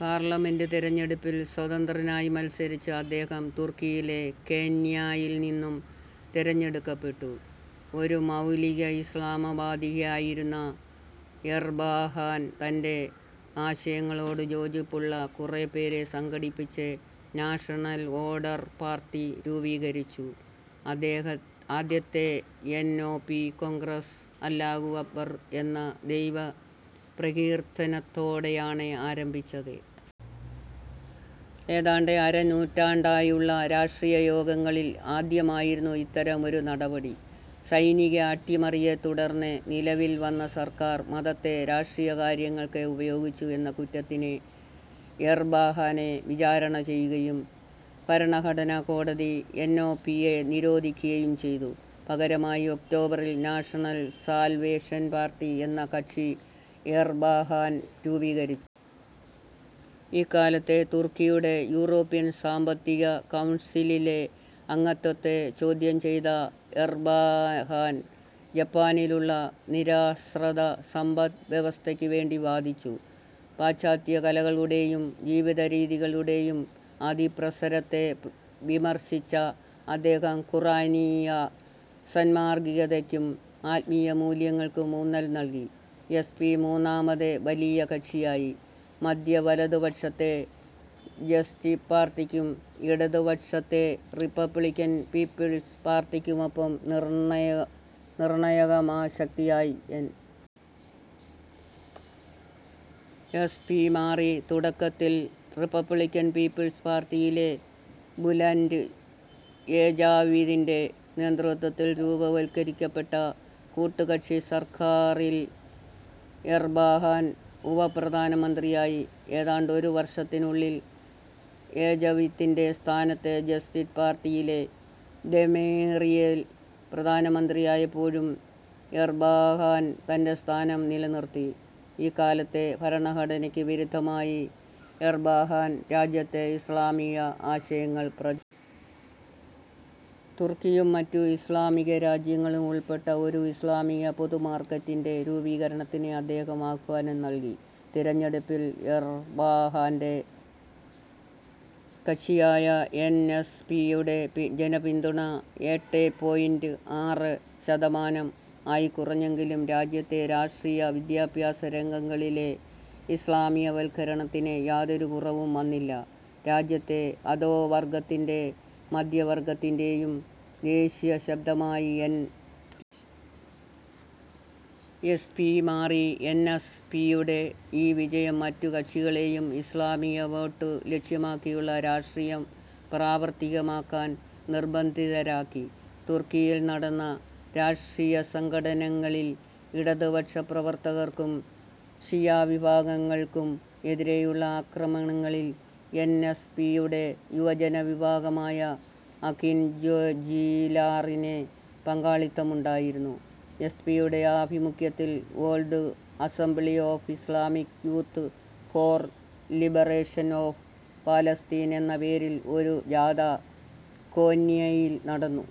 Parliament തിരഞ്ഞെടുപ്പിൽ സ്വതന്ത്രനായി മത്സരിച്ച അദ്ദേഹം, തുർക്കിയിലെ കോന്യയിൽ നിന്നും തിരഞ്ഞെടുക്കപ്പെട്ടു. ഒരു മൗലിക ഇസ്ലാമികവാദിയായിരുന്ന എർബകാൻ, തൻ്റെ ആശയങ്ങളോട് യോജിപ്പുള്ള കുറച്ചുപേരെ സംഘടിപ്പിച്ച് നാഷണൽ ഓർഡർ പാർട്ടി രൂപീകരിച്ചു. ആദ്യത്തെ എൻ. ഒ. പി. കോൺഗ്രസ്, അല്ലാഹു അക്ബർ എന്ന ദൈവ പ്രകീർത്തനത്തോടെയാണ് ആരംഭിച്ചത്. ഏതാണ്ട് അര നൂറ്റാണ്ടായുള്ള രാഷ്ട്രീയയോഗങ്ങളിൽ ആദ്യമായിരുന്നു ഇത്തരം ഒരു നടപടി. സൈനിക അട്ടിമറിയെത്തുടർന്ന് നിലവിൽ വന്ന സർക്കാർ, മതത്തെ രാഷ്ട്രീയകാര്യങ്ങൾക്ക് ഉപയോഗിച്ചു എന്ന കുറ്റത്തിന്, എർബകാനെ വിചാരണ ചെയ്യുകയും ഭരണഘടനാകോടതി എൻ. ഒ. പിയെ നിരോധിക്കുകയും ചെയ്തു. പകരമായി ഒക്ടോബറിൽ നാഷണൽ സാൽവേഷൻ പാർട്ടി എന്ന കക്ഷി എർബകാൻ രൂപീകരിച്ചു. ഇക്കാലത്ത് തുർക്കിയുടെ യൂറോപ്യൻ സാമ്പത്തിക കൗൺസിലിലെ അംഗത്വത്തെ ചോദ്യം ചെയ്ത എർബകാൻ, ജപ്പാനെപ്പോലുള്ള നിരാശ്രിത സമ്പദ് വ്യവസ്ഥക്ക് വേണ്ടി വാദിച്ചു. പാശ്ചാത്യകലകളുടേയും ജീവിതരീതികളുടേയും അതിപ്രസരത്തെ വിമർശിച്ച അദ്ദേഹം ഖുർആനിക സാന്മാർഗികതക്കും ആത്മീയമൂല്യങ്ങൾക്കും ഊന്നൽ നൽകി. എസ്. പി. മൂന്നാമത് വലിയ കക്ഷിയായി. മദ്ധ്യവലതുപക്ഷത്തെ ജസ്റ്റിസ് പാർട്ടിക്കും മദ്ധ്യഇടതുപക്ഷത്തെ റിപ്പബ്ലിക്കൻ പീപ്പിൾസ് പാർട്ടിക്കുമൊപ്പം നിർണായകശക്തിയായി എൻ. എസ്. പി. മാറി. തുടക്കത്തിൽ റിപ്പബ്ലിക്കൻ പീപ്പിൾസ് പാർട്ടിയിലെ ബുലൻ്റ് എജവിതിൻ്റെ നേതൃത്വത്തിൽ രൂപവത്കരിക്കപ്പെട്ട കൂട്ടുകക്ഷിസർക്കാറീൽ എർബകാൻ ഉപപ്രധാനമന്ത്രിയായി. ഏതാണ്ടൊരുവർഷത്തിനുള്ളിൽ എജവിത്തിന്റെ സ്ഥാനത്ത് ജസ്റ്റിസ് പാർട്ടിയിലെ ദെമിറേൽ പ്രധാനമന്ത്രിയായപ്പോഴും എർബകാൻ തൻ്റെ സ്ഥാനം നിലനിർത്തി. ഇക്കാലത്ത്, ഭരണഘടനക്ക് വിരുദ്ധമായി എർബകാൻ രാജ്യത്ത് ഇസ്ലാമിക അശയങ്ങൾ പ്രചരിപ്പിച്ചു. തുർക്കിയും മറ്റു ഇസ്ലാമികരാജ്യങ്ങളും ഉൾപ്പെട്ട ഒരു ഇസ്ലാമിക പൊതുമാർക്കറ്റിൻ്റെ രൂപീകരണത്തിന് അദ്ദേഹം ആഹ്വാനം നൽകി. തിരഞ്ഞെടുപ്പിൽ എർബകാൻ്റെ കക്ഷിയായ എൻ. എസ്. പിയുടെ ജനപിന്തുണ എട്ടേ പോയിൻ്റ് ആറ് ശതമാനം ആയിക്കുറഞ്ഞെങ്കിലും രാജ്യത്തെ രാഷ്ട്രീയ വിദ്യാഭ്യാസരംഗങ്ങളിലെ ഇസ്ലാമികവൽക്കരണത്തിന് യാതൊരു കുറവും വന്നില്ല. രാജ്യത്തെ അധോവർഗ്ഗത്തിൻ്റേയും മദ്ധ്യവർഗ്ഗത്തിൻ്റേയും ദേശീയശബ്ദമായി എൻ. എസ്. പി. മാറി. എൻ. എസ്. പിയുടെ ഈ വിജയം മറ്റു കക്ഷികളേയും ഇസ്ലാമികവോട്ട് ലക്ഷ്യമാക്കിയുള്ള രാഷ്ട്രീയം പ്രാവർത്തികമാക്കാൻ നിർബന്ധിതരാക്കി. തുർക്കിയിൽ നടന്ന രാഷ്ട്രീയസംഘട്ടനങ്ങളിൽ, ഇടതുപക്ഷപ്രവർത്തകർക്കും ഷിയാവിഭാഗങ്ങൾക്കും എതിരെയുള്ള അക്രമങ്ങളിൽ എൻ. എസ്. പിയുടെ യുവജനവിഭാഗമായ അകിൻജിലാറിന് പങ്കാളിത്തമുണ്ടായിരുന്നു. എസ്. പിയുടെ ആഭിമുഖ്യത്തിൽ World Assembly of Islamic Youth for Liberation of Palestine എന്ന പേരിൽ ഒരു ജാഥ കോന്യയിൽ നടന്നു.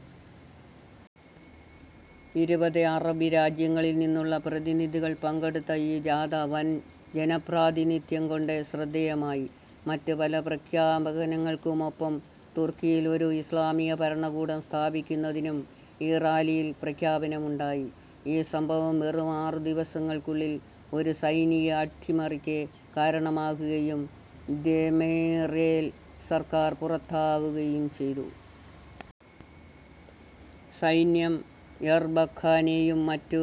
ഇരുപത് അറബ് രാജ്യങ്ങളിൽ നിന്നുള്ള പ്രതിനിധികൾ പങ്കെടുത്ത ഈ ജാഥ, വൻ ജനപ്രാതിനിധ്യം കൊണ്ട് ശ്രദ്ധേയമായി. മറ്റു പല പ്രഖ്യാപനങ്ങൾക്കുമൊപ്പം, തുർക്കിയിൽ ഒരു ഇസ്ലാമികഭരണകൂടം സ്ഥാപിക്കുന്നതിനും ഈ റാലിയിൽ പ്രഖ്യാപനമുണ്ടായി. ഈ സംഭവം വെറും ആറു ദിവസങ്ങൾക്കുള്ളിൽ ഒരു സൈനിക അട്ടിമറിക്ക് കാരണമാകുകയും ദെമിറേൽ സർക്കാർ പുറത്താവുകയും ചെയ്തു. സൈന്യം എർബക്കാനേയും മറ്റു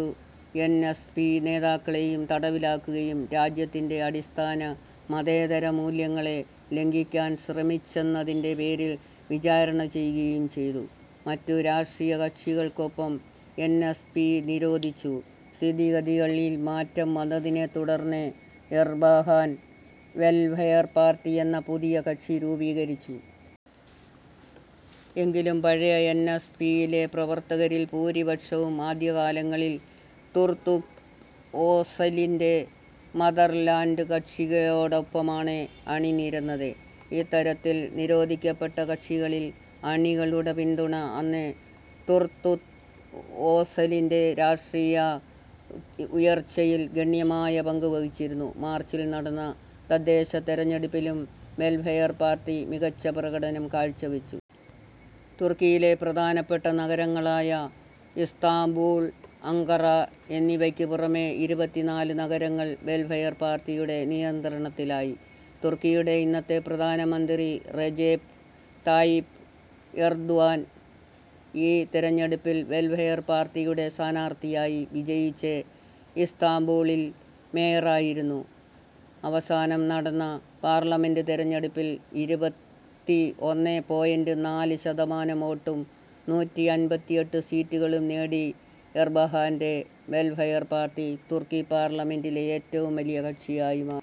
എൻ. എസ്. പി. നേതാക്കളേയും തടവിലാക്കുകയും രാജ്യത്തിൻ്റെ അടിസ്ഥാന മതേതരമൂല്യങ്ങളെ ലംഘിക്കാൻ ശ്രമിച്ചെന്നതിൻ്റെ പേരിൽ വിചാരണ ചെയ്യുകയും ചെയ്തു. മറ്റു രാഷ്ട്രീയകക്ഷികൾക്കൊപ്പം എൻ. എസ്. പിയെ നിരോധിച്ചു. സ്ഥിതിഗതികളിൽ മാറ്റം വന്നതിനെത്തുടർന്ന് എർബകാൻ വെൽഫെയർ പാർട്ടി എന്ന പുതിയ കക്ഷി രൂപീകരിച്ചു. എങ്കിലും പഴയ എൻ. എസ്. പിയിലെ പ്രവർത്തകരിൽ ഭൂരിപക്ഷവും, ആദ്യകാലങ്ങളിൽ തുർഗുത് ഓസലിൻ്റെ മദർലാൻഡ് കക്ഷിയോടൊപ്പമാണ് അണിനിരന്നത്. ഇത്തരത്തിൽ നിരോധിക്കപ്പെട്ട കക്ഷികളിലെ അണികളുടെ പിന്തുണ, അന്ന് തുർഗുത് ഓസലിൻ്റെ രാഷ്ട്രീയ ഉയർച്ചയിൽ ഗണ്യമായ പങ്കുവഹിച്ചിരുന്നു. മാർച്ചിൽ നടന്ന തദ്ദേശതിരഞ്ഞെടുപ്പിലും വെൽഫെയർ പാർട്ടി മികച്ചപ്രകടനം കാഴ്ച വച്ചു. തുർക്കിയിലെ പ്രധാനപ്പെട്ട നഗരങ്ങളായ ഇസ്താംബൂൾ, അങ്കാറ എന്നിവക്കു പുറമേ ഇരുപത്തിനാല് നഗരങ്ങൾ വെൽഫെയർ പാർട്ടിയുടെ നിയന്ത്രണത്തിലായി. തുർക്കിയുടെ ഇന്നത്തെ പ്രധാനമന്ത്രി, റെജെപ് തയിപ് എർദ്വാൻ, ഈ തിരഞ്ഞെടുപ്പിൽ വെൽഫെയർ പാർട്ടിയുടെ സ്ഥാനാർത്ഥിയായി വിജയിച്ച് ഇസ്താംബൂളിൽ മേയറായിരുന്നു. അവസാനം നടന്ന പാർലമെൻ്റ് തിരഞ്ഞെടുപ്പിൽ ഇരുപത്തി ഒന്നേ പോയിൻ്റ് നാല് ശതമാനം വോട്ടും, നൂറ്റി അൻപത്തി എട്ട് സീറ്റുകളും നേടി, എർബകാൻ്റെ വെൽഫെയർ പാർട്ടി, തുർക്കി പാർലമെൻ്റിലെ ഏറ്റവും വലിയ കക്ഷിയായി മാറി.